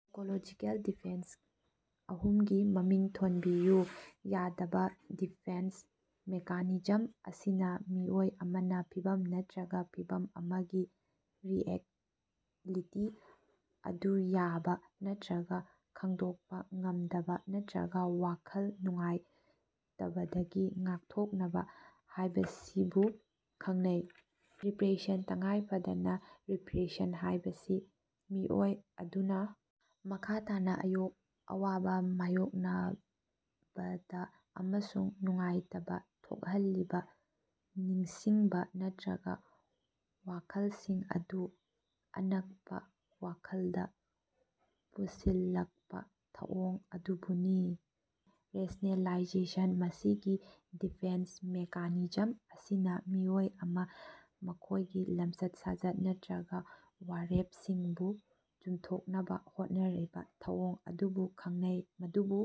Psychological defence ꯑꯍꯨꯝꯒꯤ ꯃꯃꯤꯡ ꯊꯣꯟꯅꯕꯤꯌꯨ꯫ ꯌꯥꯗꯕꯥ: ꯗꯤꯐꯦꯟꯁ ꯃꯦꯀꯥꯅꯤꯖꯝ ꯑꯁꯤꯅ ꯃꯤꯑꯣꯏ ꯑꯃꯅ ꯐꯤꯚꯝ ꯅꯠꯇ꯭ꯔꯒ ꯐꯤꯚꯝ ꯑꯃꯒꯤ ꯔꯤꯑꯦꯂꯤꯇꯤ ꯑꯗꯨ ꯌꯥꯕ ꯅꯠꯇ꯭ꯔꯒ ꯈꯪꯗꯣꯛꯄ ꯉꯝꯗꯕꯥ ꯅꯠꯇ꯭ꯔꯒ ꯋꯥꯈꯜ ꯅꯨꯡꯉꯥꯏꯇꯕꯗꯒꯤ ꯉꯥꯛꯊꯣꯛꯅꯕ ꯍꯥꯏꯕꯁꯤꯕꯨ ꯈꯪꯅꯩ꯫ ꯔꯤꯄ꯭ꯔꯦꯁꯟ: ꯇꯉꯥꯏꯐꯗꯅꯥ, ꯔꯤꯄ꯭ꯔꯦꯁꯟ ꯍꯥꯏꯕꯁꯤ ꯃꯤꯑꯣꯏ ꯑꯗꯨꯅ ꯃꯈꯥ ꯇꯥꯅ ꯑꯌꯣꯛ ꯑꯋꯥꯕ ꯃꯥꯌꯣꯛꯅꯕꯗ ꯑꯃꯁꯨꯡ ꯅꯨꯡꯉꯥꯏꯇꯕ ꯊꯣꯛꯍꯜꯂꯤꯕ ꯅꯤꯡꯁꯤꯡꯕ ꯅꯠꯇ꯭ꯔꯒ ꯋꯥꯈꯜꯁꯤꯡ ꯑꯗꯨ ꯑꯅꯛꯄꯥ ꯋꯥꯈꯜꯗ ꯄꯨꯁꯤꯜꯂꯛꯄꯥ ꯊꯧꯑꯣꯡ ꯑꯗꯨꯕꯨꯅꯤ꯫ ꯔꯦꯁꯅꯦꯂꯥꯏꯖꯦꯁꯟ: ꯃꯁꯤꯒꯤ ꯗꯤꯐꯦꯟꯁ ꯃꯦꯀꯥꯅꯤꯖꯝ ꯑꯁꯤꯅ ꯃꯤꯑꯣꯏ ꯑꯃꯅ ꯃꯈꯣꯏꯒꯤ ꯂꯝꯆꯠ-ꯁꯥꯖꯠ ꯅꯠꯇ꯭ꯔꯒ ꯋꯥꯔꯦꯞꯁꯤꯡꯕꯨ ꯆꯨꯝꯊꯣꯛꯅꯕ ꯍꯣꯠꯅꯔꯤꯕ ꯊꯧꯑꯣꯡ ꯑꯗꯨꯕꯨ ꯈꯪꯅꯩ, ꯃꯗꯨꯕꯨ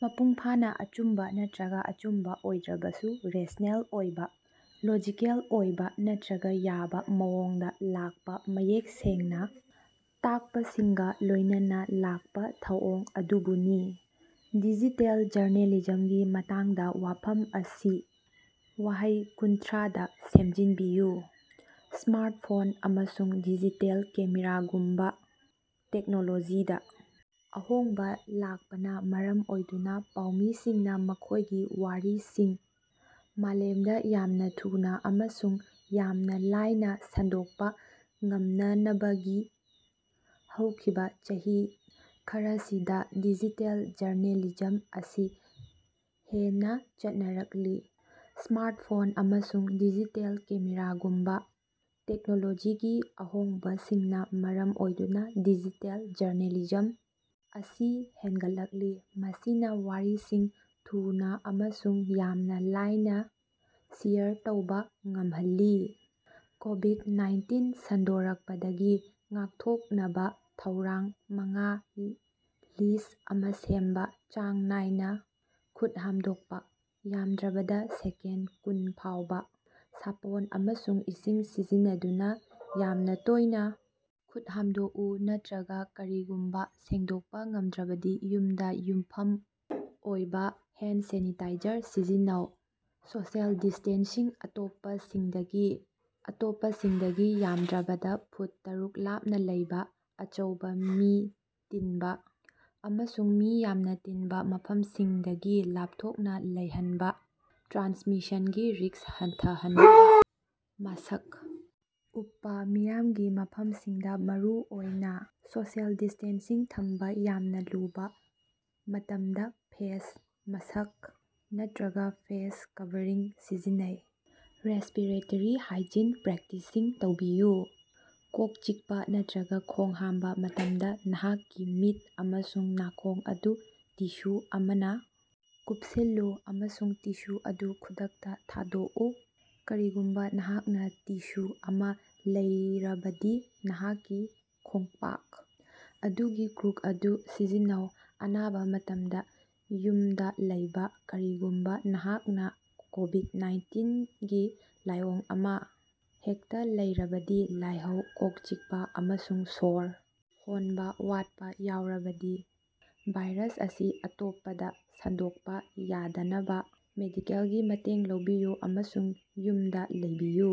ꯃꯄꯨꯡꯐꯥꯅ ꯑꯆꯨꯝꯕ ꯅꯠꯇ꯭ꯔꯒ ꯑꯆꯨꯝꯕ ꯑꯣꯏꯗ꯭ꯔꯕꯁꯨ, ꯔꯦꯁꯅꯦꯜ ꯑꯣꯏꯕ, ꯂꯣꯖꯤꯀꯦꯜ ꯑꯣꯏꯕ ꯅꯠꯇ꯭ꯔꯒ ꯌꯥꯕ ꯃꯑꯣꯡꯗ ꯂꯥꯛꯄ ꯃꯌꯦꯛ ꯁꯦꯡꯅ ꯇꯥꯛꯄꯁꯤꯡꯒ ꯂꯣꯏꯅꯅ ꯂꯥꯛꯄ ꯊꯧꯑꯣꯡ ꯑꯗꯨꯕꯨꯅꯤ꯫ ꯗꯤꯖꯤꯇꯦꯜ ꯖꯔꯅꯦꯂꯤꯖꯝꯒꯤ ꯃꯇꯥꯡꯗ ꯋꯥꯐꯝ ꯑꯁꯤ ꯋꯥꯍꯩ ꯀꯨꯟꯊ꯭ꯔꯥꯗꯥ ꯁꯝꯖꯤꯟꯅꯕꯤꯌꯨ꯫ ꯁ꯭ꯃꯥꯔꯠꯐꯣꯟ ꯑꯃꯁꯨꯡ ꯗꯤꯖꯤꯇꯦꯜ ꯀꯦꯃꯦꯔꯥꯒꯨꯝꯕ ꯇꯦꯛꯅꯣꯂꯣꯖꯤꯗꯥ ꯑꯍꯣꯡꯕ ꯂꯥꯛꯄꯅ ꯃꯔꯝ ꯑꯣꯏꯗꯨꯅ ꯄꯥꯎꯃꯤꯁꯤꯡꯅ ꯃꯈꯣꯏꯒꯤ ꯋꯥꯔꯤꯁꯤꯡ ꯃꯥꯂꯦꯝꯗ ꯌꯥꯝꯅ ꯊꯨꯅꯥ ꯑꯃꯁꯨꯡ ꯌꯥꯝꯅ ꯂꯥꯏꯅ ꯁꯟꯗꯣꯛꯄ ꯉꯝꯅꯅꯕꯒꯤ ꯍꯧꯈꯤꯕꯥ ꯆꯍꯤ ꯈꯔꯁꯤꯗ ꯗꯤꯖꯤꯇꯦꯜ ꯖꯔꯅꯦꯂꯤꯖꯝ ꯑꯁꯤ ꯍꯦꯟꯅꯥ ꯆꯠꯅꯔꯛꯂꯤ꯫ ꯁ꯭ꯃꯥꯔꯠꯐꯣꯟ ꯑꯃꯁꯨꯡ ꯗꯤꯖꯤꯇꯦꯜ ꯀꯦꯃꯦꯔꯥꯒꯨꯝꯕ ꯇꯦꯛꯅꯣꯂꯣꯖꯤꯒꯤ ꯑꯍꯣꯡꯕꯁꯤꯡꯅꯥ ꯃꯔꯝ ꯑꯣꯏꯗꯨꯅ ꯗꯤꯖꯤꯇꯦꯜ ꯖꯔꯅꯦꯂꯤꯖꯝ ꯑꯁꯤ ꯍꯦꯟꯒꯠꯂꯛꯂꯤ, ꯃꯁꯤꯅ ꯋꯥꯔꯤꯁꯤꯡ ꯊꯨꯅꯥ ꯑꯃꯁꯨꯡ ꯌꯥꯝꯅ ꯂꯥꯏꯅ ꯁꯦꯌꯔ ꯇꯧꯕ ꯉꯝꯍꯜꯂꯤ꯫ ꯀꯣꯕꯤꯗ-ꯅꯥꯏꯟꯇꯤꯟ ꯁꯟꯗꯣꯔꯛꯄꯗꯒꯤ ꯉꯥꯛꯊꯣꯛꯅꯕ ꯊꯧꯔꯥꯡ ꯃꯉꯥꯒꯤ ꯂꯤꯁ ꯑꯃ ꯁꯦꯝꯕ꯫ ꯆꯥꯡ ꯅꯥꯏꯅ ꯈꯨꯠ ꯍꯥꯝꯗꯣꯡꯄ: ꯌꯥꯝꯗ꯭ꯔꯕꯗꯥ ꯁꯦꯀꯦꯟ ꯀꯨꯟ ꯐꯥꯎꯕ ꯁꯥꯄꯣꯟ ꯑꯃꯁꯨꯡ ꯏꯁꯤꯡ ꯁꯤꯖꯤꯟꯅꯗꯨꯅ ꯌꯥꯝꯅ ꯇꯣꯏꯅꯥ ꯈꯨꯠ ꯍꯥꯝꯗꯣꯛꯎ ꯅꯠꯇ꯭ꯔꯒ ꯀꯔꯤꯒꯨꯝꯕ ꯁꯦꯡꯗꯣꯛꯄ ꯉꯝꯗ꯭ꯔꯕꯗꯤ ꯌꯨꯝꯗ ꯌꯨꯝꯐꯝ ꯑꯣꯏꯕ ꯍꯦꯟ ꯁꯦꯅꯤꯇꯥꯏꯖꯔ ꯁꯤꯖꯤꯟꯅꯧ꯫ ꯁꯣꯁꯤꯑꯦꯜ ꯗꯤꯁꯇꯦꯟꯁꯤꯡ: ꯑꯇꯣꯞꯄꯁꯤꯡꯗꯒꯤ ꯑꯇꯣꯞꯄꯁꯤꯡꯗꯒꯤ ꯌꯥꯝꯗ꯭ꯔꯕꯗꯥ ꯐꯨꯠ ꯇꯔꯨꯛ ꯂꯥꯞꯅ ꯂꯩꯕꯥ, ꯑꯆꯧꯕ ꯃꯤ ꯇꯤꯟꯕ ꯑꯃꯁꯨꯡ ꯃꯤ ꯌꯥꯝꯅ ꯇꯤꯟꯕ ꯃꯐꯝꯁꯤꯡꯗꯒꯤ ꯂꯥꯞꯊꯣꯛꯅ ꯂꯩꯍꯟꯕꯥ, ꯇ꯭ꯔꯥꯟꯁꯃꯤꯁꯟꯒꯤ ꯔꯤꯛꯁ ꯍꯟꯊꯍꯟꯅꯕꯥ꯫ ꯃꯥꯁ꯭ꯛ ꯎꯞꯄꯥ: ꯃꯤꯌꯥꯝꯒꯤ ꯃꯐꯝꯁꯤꯡꯗ, ꯃꯔꯨꯑꯣꯏꯅ ꯁꯣꯁꯤꯑꯦꯜ ꯗꯤꯁꯇꯦꯟꯁꯤꯡ ꯊꯝꯕ ꯌꯥꯝꯅ ꯂꯨꯕ ꯃꯇꯝꯗ ꯐꯦꯁ ꯃꯥꯁ꯭ꯛ ꯅꯠꯇ꯭ꯔꯒ ꯐꯦꯁ ꯀꯚꯔꯤꯡ ꯁꯤꯖꯤꯟꯅꯧ꯫ ꯔꯦꯁꯄꯤꯔꯦꯇ꯭ꯔꯤ ꯍꯥꯏꯖꯤꯟ ꯄ꯭ꯔꯦꯛꯇꯤꯁ ꯇꯧꯕꯤꯌꯨ: ꯀꯣꯛ ꯆꯤꯛꯄ ꯅꯠꯇ꯭ꯔꯒ ꯈꯣꯡ ꯍꯥꯝꯕ ꯃꯇꯝꯗ ꯅꯍꯥꯛꯀꯤ ꯃꯤꯠ ꯑꯃꯁꯨꯡ ꯅꯥꯀꯣꯡ ꯑꯗꯨ ꯇꯤꯁꯨ ꯑꯃꯅꯥ ꯀꯨꯞꯁꯤꯜꯂꯨ ꯑꯃꯁꯨꯡ ꯇꯤꯁꯨ ꯑꯗꯨ ꯈꯨꯗꯛꯇꯥ ꯊꯥꯗꯣꯛꯎ꯫ ꯀꯔꯤꯒꯨꯝꯕ ꯅꯍꯥꯛꯅꯥ ꯇꯤꯁꯨ ꯑꯃ ꯂꯩꯔꯕꯗꯤ, ꯅꯍꯥꯛꯀꯤ ꯈꯣꯡꯄꯥꯛ ꯑꯗꯨꯒꯤ ꯀ꯭ꯔꯨꯛ ꯑꯗꯨ ꯁꯤꯖꯤꯟꯅꯧ꯫ ꯑꯅꯥꯕ ꯃꯇꯝꯗ ꯌꯨꯝꯗꯥ ꯂꯩꯕ: ꯀꯔꯤꯒꯨꯝꯕ ꯅꯍꯥꯛꯅ ꯀꯣꯕꯤꯠ-ꯅꯥꯏꯟꯇꯤꯟꯒꯤ ꯂꯥꯏꯑꯣꯡ ꯑꯃ ꯍꯦꯛꯇꯥ ꯂꯩꯔꯕꯗꯤ ꯂꯥꯏꯍꯧ, ꯀꯣꯛ ꯆꯤꯛꯄ, ꯑꯃꯁꯨꯡ ꯁꯣꯔ ꯍꯣꯟꯕ ꯋꯥꯠꯄ ꯌꯥꯎꯔꯕꯗꯤ, ꯚꯥꯏꯔꯁ ꯑꯁꯤ ꯑꯇꯣꯞꯄꯗꯥ ꯁꯟꯗꯣꯛꯄ ꯌꯥꯗꯅꯕ ꯃꯦꯗꯤꯀꯦꯜꯒꯤ ꯃꯇꯦꯡ ꯂꯧꯕꯤꯌꯨ ꯑꯃꯁꯨꯡ ꯌꯨꯝꯗꯥ ꯂꯩꯕꯤꯌꯨ꯫